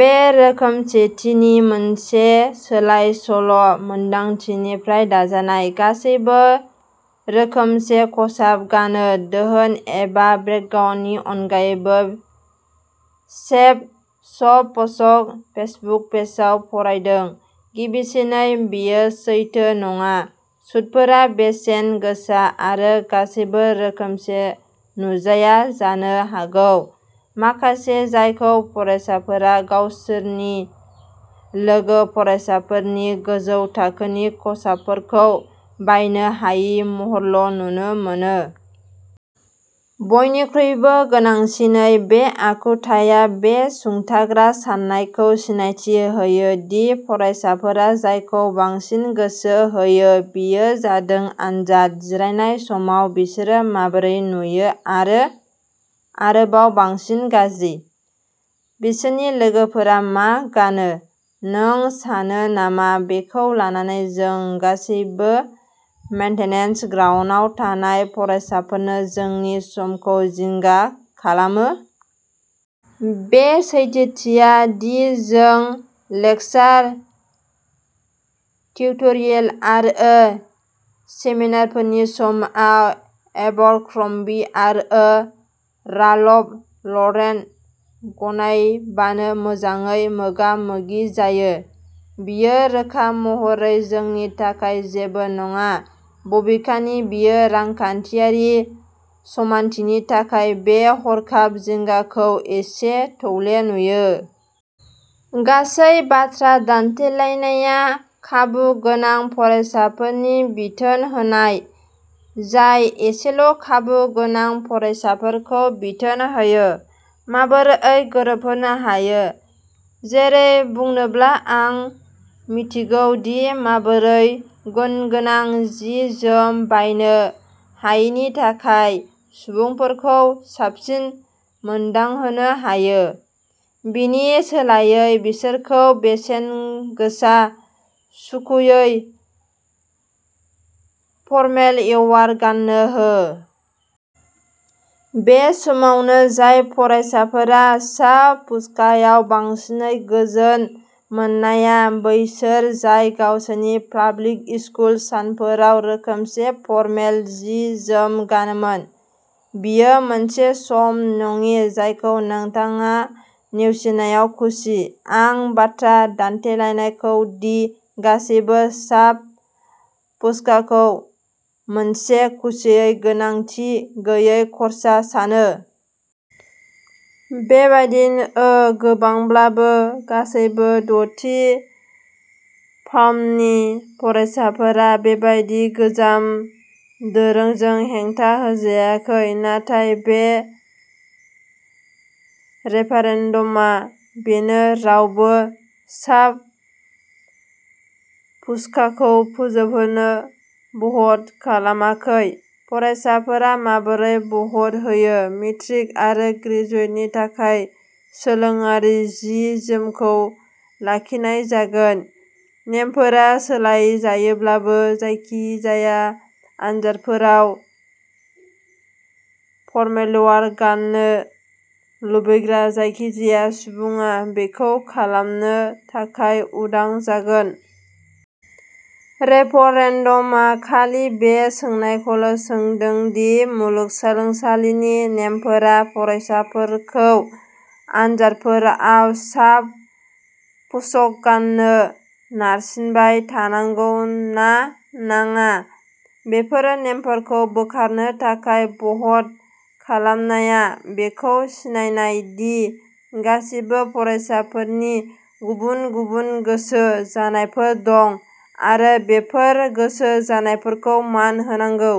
बे रोखोमसेथिनि मोनसे सोलाय-सोल' मोनदांथिनिफ्राय दाजानाय। गासैबो रोखोमसे खसाब गानो, धोन एबा बेकग्राउन्डनि अनगायै सेभ साबफस्क फेसबुक पेजआव फरायदों। गिबिसिनै, बेयो सैथो नङा सुटफोरा बेसेन गोसा आरो गासैबो रोखोमसे नुजाया जानो हागौ माखासे जायखौ फरायसाफोरा गावसोरनि लोगो फरायसाफोरनि गोजौ थाखोनि खसाबफोरखौ बायनो हायि महरैल' नुनो मोनो। बयनिख्रुइबो गोनांसिनै, बे आखुथाया बे सुंथाग्रा सान्नायखौ सिनायथि होयो दि फरायसाफोरा जायखौ बांसिन गोसो होयो बेयो जादों आनजाद जिरायनाय समाव बिसोर माबोरै नुयो आरो, आरोबाव बांसिन गाज्रि, बिसोरनि लोगोफोरा मा गानो। नों सानो नामा बेखौ लानानै जों गासैबो मेनटेनेन्स ग्रान्टआव थानाय फरायसाफोरानो जोंनि समखौ जिंगा खालामो? बे सैथोथिया दि जों लेकचार, टिउटरियेल आरो सेमिनारफोरनि समाव एबरक्र'म्बी आरो राल्फ लरेन गानायबानो मोजाङै मोगा-मोगि जायो, बेयो रोखा महरै नोंनि थाखाय जेबो नङा बबेखानि बेयो रांखान्थियारि समानथिनि थाखाय बे हरखाब जिंगाखौ एसे थौले नुयो। गासै बाथ्रा दान्थेलायनाया खाबु गोनां फरायसाफोरनि बिथोन होनाय, जाय एसेल' खाबु गोनां फरायसाफोरखौ बिथोन होयो। माबोरै गोरोबहोनो हायो, जेरै बुंनोब्ला आं मिन्थिगौ दि माबोरै गुनगोनां जि-जोम बायनो हायैनि थाखाय सुबुंफोरखौ साबसिन मोनदांहोनो हायो; बेनि सोलायै बिसोरखौ बेसेन गोसा, सुखुयै, फरमेलवेयार गान्नो हो। बे समावनो, जाय फरायसाफोरा साब-फुसकाआव बांसिन गोजोन मोननाया बैसोर जाय गावसोरनि पाब्लिक-स्कुल सानफोराव रोखोमसे फरमेल जि-जोम गानोमोन, बेयो मोनसे समान नङि जायखौ नोंथाङा नेवसिनायाव खुसि। आं बाथ्रा दानथेलायाखै दि गासैबो साब-फुसकाखौ मोनसे सुखुयै, गोनांथि गैयै खर्सा सानो। बेबायदिनो, गोबांब्लाबो, गासैबो द'थि फर्मनि फरायसाफ्रा बेबादि गोजाम दोरोंजों हेंथा होजायाखै। नाथाय बे रेफरेन्डामआ बेनो। रावबो साब-फुसकाखौ फोजोबनो भ'ट खालामाखै। फरायसाफोरा माबोरै भ'ट होयो, मेट्रिक आरो ग्रेजुएशननि थाखाय सोलोंथायारि जि-जोमखौ लाखिनाय जागोन। नेमफोरा सोलायजायोब्लाबो, जायखिजाया आनजादफोराव फरमेलवेयार गान्नो लुबैग्रा जायखिजाया सुबुङा बेखौ खालामनो थाखाय उदां जागोन। रेफरेन्डमआ खालि बे सोंनायखौल' सोंदों दि मुलुगसोलोंसालिनि नेमफोरा फरायसाफोरखौ आनजादफोराव साब फुस्क गान्नो नारसिनबाय थानांगौ ना नाङा। बेफोर नेमफोरखौ बोखारनो थाखाय भ'हट खालामनाया बेखौ सिनायनाय दि गासिबो फरायसाफोरनि गुबुन गुबुन गोसो जानायफोर दं, आरो बेफोर गोसो जानायफोरखौ मान होनांगौ।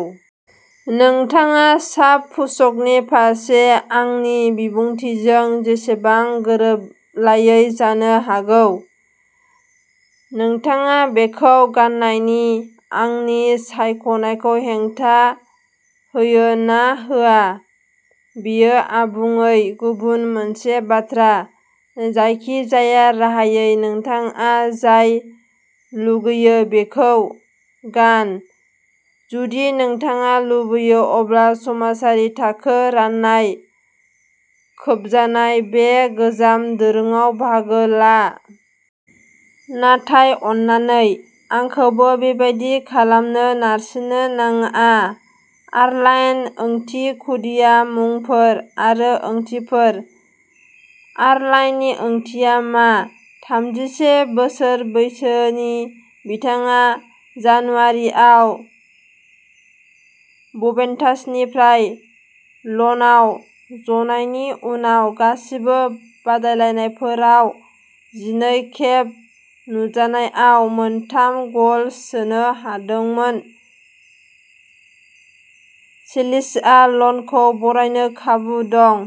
नोंथाङा साब फुस्कनि फारसे आंनि बिबुंथिजों जेसेबां गोरोबलायै जानो हागौ, नोंथाङा बेखौ गान्नायनि आंनि सायख'नायखौ हेंथा होयो ना होआ, बेयो आबुङै गुबुन मोनसे बाथ्रा। जायखिजाया राहायै नोंथाङा जाय लुगैयो बेखौ गान। जुदि नोंथाङा लुबैयो अब्ला समाजारि थाखो राननाय खोबजानाय बे गोजाम दोरोंआव बाहागो ला। नाथाय अन्नानै, आंखौबो बेबादि खालामनो नारसिननो नाङा। आर्लाइन ओंथि खुदिया मुंफोर आरो ओंथिफोर। आर्लाइननि ओंथिया मा? थामजिसे बोसोर बैसोनि बिथाङा जानुवारिआव जुभेन्टासनिफ्राय ल'नआव ज'जानायनि उनाव गासिबो बादायलायनायफोराव जिनै खेब नुजानायाव मोनथाम गल सोनो हादोंमोन। चेल्सिया ल'नखौ बारायनो खाबु दं।